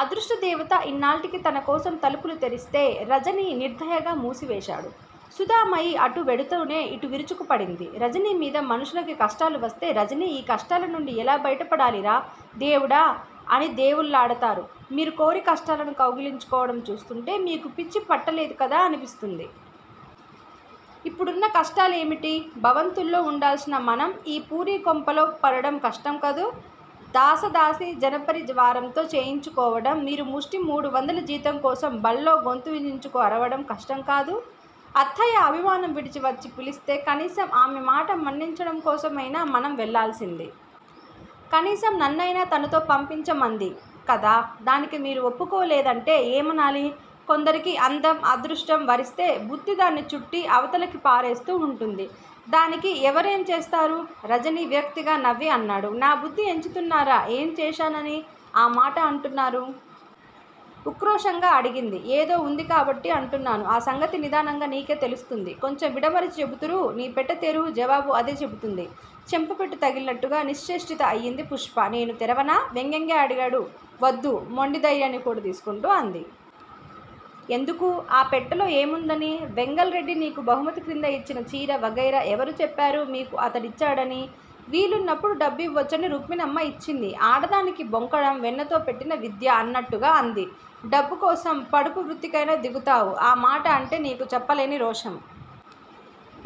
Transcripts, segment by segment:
అదృష్ట దేవత ఇన్నాల్టికి తన కోసం తలుపులు తెరిస్తే రజనీ నిర్దయగా మూసివేశాడు. సుధామయి అటు వెడుతూనే ఇటు విరుచుకు పడింది రజనీ మీద. మనుషులకి కష్టాలు వస్తే రజనీ ఈ కష్టాల నుండి ఎలా బయటపడాలిరా దేవుడా అని దేవుళ్లాడతారు. మీరు కోరి కష్టాలను కౌగిలించుకోవడం చూస్తుంటే మీకు పిచ్చి పట్టలేదు కదా అనిపిస్తుంది! ఇప్పుడున్న కష్టాలేమిటి? భవంతుల్లో వుండాల్సిన మనం ఈ పూరి కొంపలో పడడం కష్టం కాదూ? దాసదాసీ జనపరి జ్వారంతో చేయించుకోవడం, మీరు ముష్టి మూడు వందల జీతం కోసం బళ్ళో గొంతు చించుకు అరవడం కష్టం కాదూ? అత్తయ్య అభిమానం విడిచి వచ్చి పిలిస్తే కనీసం ఆమె మాట మన్నించడం కోసమైనా మనం వెళ్లాల్సింది! కనీసం నన్నైనా తనతో పంపించమంది కదా, దానికీ మీరు ఒప్పుకోలేదంటే ఏమనాలి? కొందరికి అందం అదృష్టం వరిస్తే బుద్ది దాన్ని చుట్టి అవతలకి పారేస్తూ వుంటుంది. దానికి ఎవరేం చేస్తారు? రజనీ విరక్తిగా నవ్వి అన్నాడు. నా బుద్ది ఎంచుతున్నారా? ఏం చేశానని ఆ మాట అంటున్నారు? ఉక్రోషంగా అడిగింది. ఏదో ఉంది కాబట్టి అంటున్నాను. ఆ సంగతి నిదానంగా నీకే తెలుస్తుంది! కొంచెం విడమరచి చెబుతురూ! నీ పెట్టె తెరు! జవాబు అదే చెబుతుంది. చెంప పెట్టు తగిలినట్టుగా నిశ్ఛేష్టిత అయింది పుష్ప. నేను తెరవనా? వ్యంగ్యంగా అడిగాడు. వద్దు. మొండి ధైర్యాన్ని కూడదీసుకుంటూ అంది. ఎందుకు! ఆ పెట్టెలో ఏముందని? వెంగల్ రెడ్డి నీకు బహుమతి క్రింద ఇచ్చిన చీర, వగైరా! ఎవరు చెప్పారు మీకు అతడిచ్చాడని? వీలున్నప్పుడు డబ్బివ్వచ్చని రుక్మిణమ్మ ఇచ్చింది ఆడదానికి బొంకడం వెన్నతో పెట్టిన విద్య అన్నట్టుగా అంది. డబ్బు కోసం పడుపు వృత్తికైనా దిగుతావు. ఆ మాట అంటే నీకు చెప్పలేని రోషం.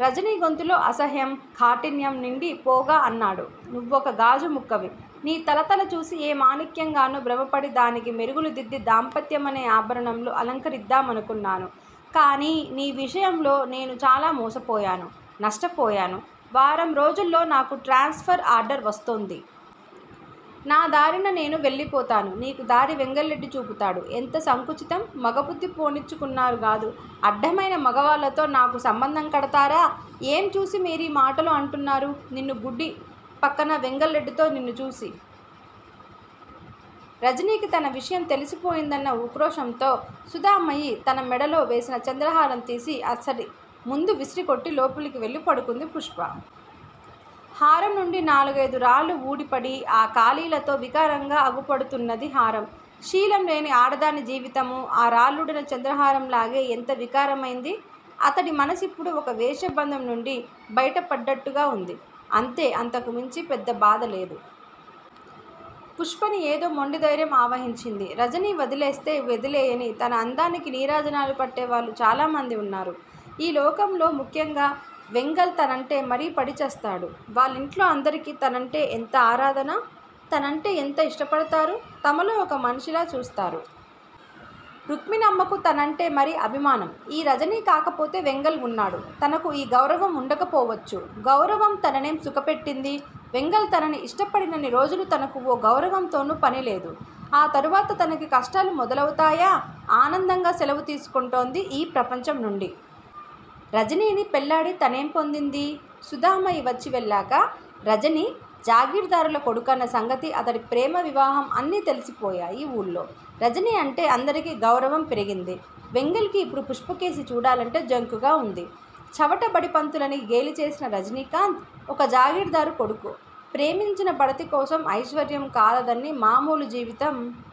రజనీ గొంతులో అసహ్యం, కాఠిన్యం నిండి పోగా అన్నాడు. నువ్వొక గాజు ముక్కవి. నీ తళతళ చూసి ఏ మాణిక్యంగానో భ్రమ పడి దానికి మెరుగులుదిద్ది దాంపత్యమనే ఆభరణంలో అలంకరిద్దామనుకున్నాను. కానీ, నీ విషయంలో నేను చాలా మోసపోయాను, నష్టపోయాను. వారంరోజుల్లో నాకు ట్రాన్స్ ఫర్ ఆర్డర్ వస్తుంది. నాదారిన నేను వెళ్లిపోతాను. నీకు దారి వెంగల్ రెడ్డి చూపుతాడు. ఎంత సంకుచితం? మగ బుద్ది పోనిచ్చుకున్నారు గాదు, అడ్డమైన మగవాళ్లతో నాకు సంబంధం కడతారా? ఏం చూసి మీరీ మాటలు అంటున్నారు? నిన్ను గుడ్డి పక్కన వెంగల్ రెడ్డితో నిన్ను చూసి! రజనీకి తన విషయం తెలిసి పోయిందన్న ఉక్రోషంతో సుధామయి తన మెడలో వేసిన చంద్రహారం తీసి అతడి ముందు విసిరికొట్టి లోపలికి వెళ్లి పడుకొంది పుష్ప. హారంనుండి నాలుగైదు రాళ్లు ఊడి పడి ఆ కాళీలతో వికారంగా అగుపడుతున్నది హారం. శీలం లేని ఆడదాని జీవితమూ ఆ రాళ్లూడిన చంద్రహారం లాగే ఎంత వికారమైంది. అతడి మనసిప్పుడు ఒక వేశ్య బంధం నుండి బయట పడ్డట్టుగా వుంది. అంతే! అంతకు మించి పెద్ద బాధ లేదు. పుష్పని ఏదో మొండి ధైర్యం ఆవహించింది. రజనీ వదిలేస్తే వదిలేయనీ, తన అందానికి నీరాజనాలు పట్టేవాళ్లు చాలా మంది వున్నారు ఈ లోకంలో. ముఖ్యంగా వెంగల్ తనంటే మరీ పడి చస్తాడు. వాళ్లింట్లో అందరికీ తనంటే ఎంత ఆరాధన! తనంటే ఎంత ఇష్టపడతారు? తమలో ఒక మనిషిలా చూస్తారు. రుక్మిణమ్మ కు తనంటే మరీ అభిమానం. ఈ రజనీ కాకపోతే వెంగల్ వున్నాడు తనకు. ఈ గౌరవం ఉండకపోవచ్చు. గౌరవం తననేం సుఖ పెట్టింది. వెంగల్ తనని ఇష్టపడినన్ని రోజులు తనకు ఓ గౌరవంతోనూ పనిలేదు. ఆ తరువాత తనకి కష్టాలు మొదలువతాయా, ఆనందంగా సెలవు తీసుకొంటుంది ఈ ప్రపంచం నుండి. రజనీని పెళ్లాడి తనేం పొందింది. సుధామయి వచ్చి వెళ్లాక రజనీ జాగీర్దారుల కొడుకన్న సంగతి అతడి ప్రేమ వివాహం అన్నీ తెలిసిపోయాయి ఊళ్లో. రజనీ అంటే అందరకీ గౌరవం పెరిగింది. వెంగళ్ కి ఇప్పుడు పుష్పకేసి చూడాలంటే జంకుగా వుంది. చవట బడి పంతులని గేలిచేసిన రజనీకాంత్ ఒక జాగీర్దారు కొడుకు. ప్రేమించిన పడతికోసం ఐశ్వర్యం కాలదన్ని మామూలు జీవితం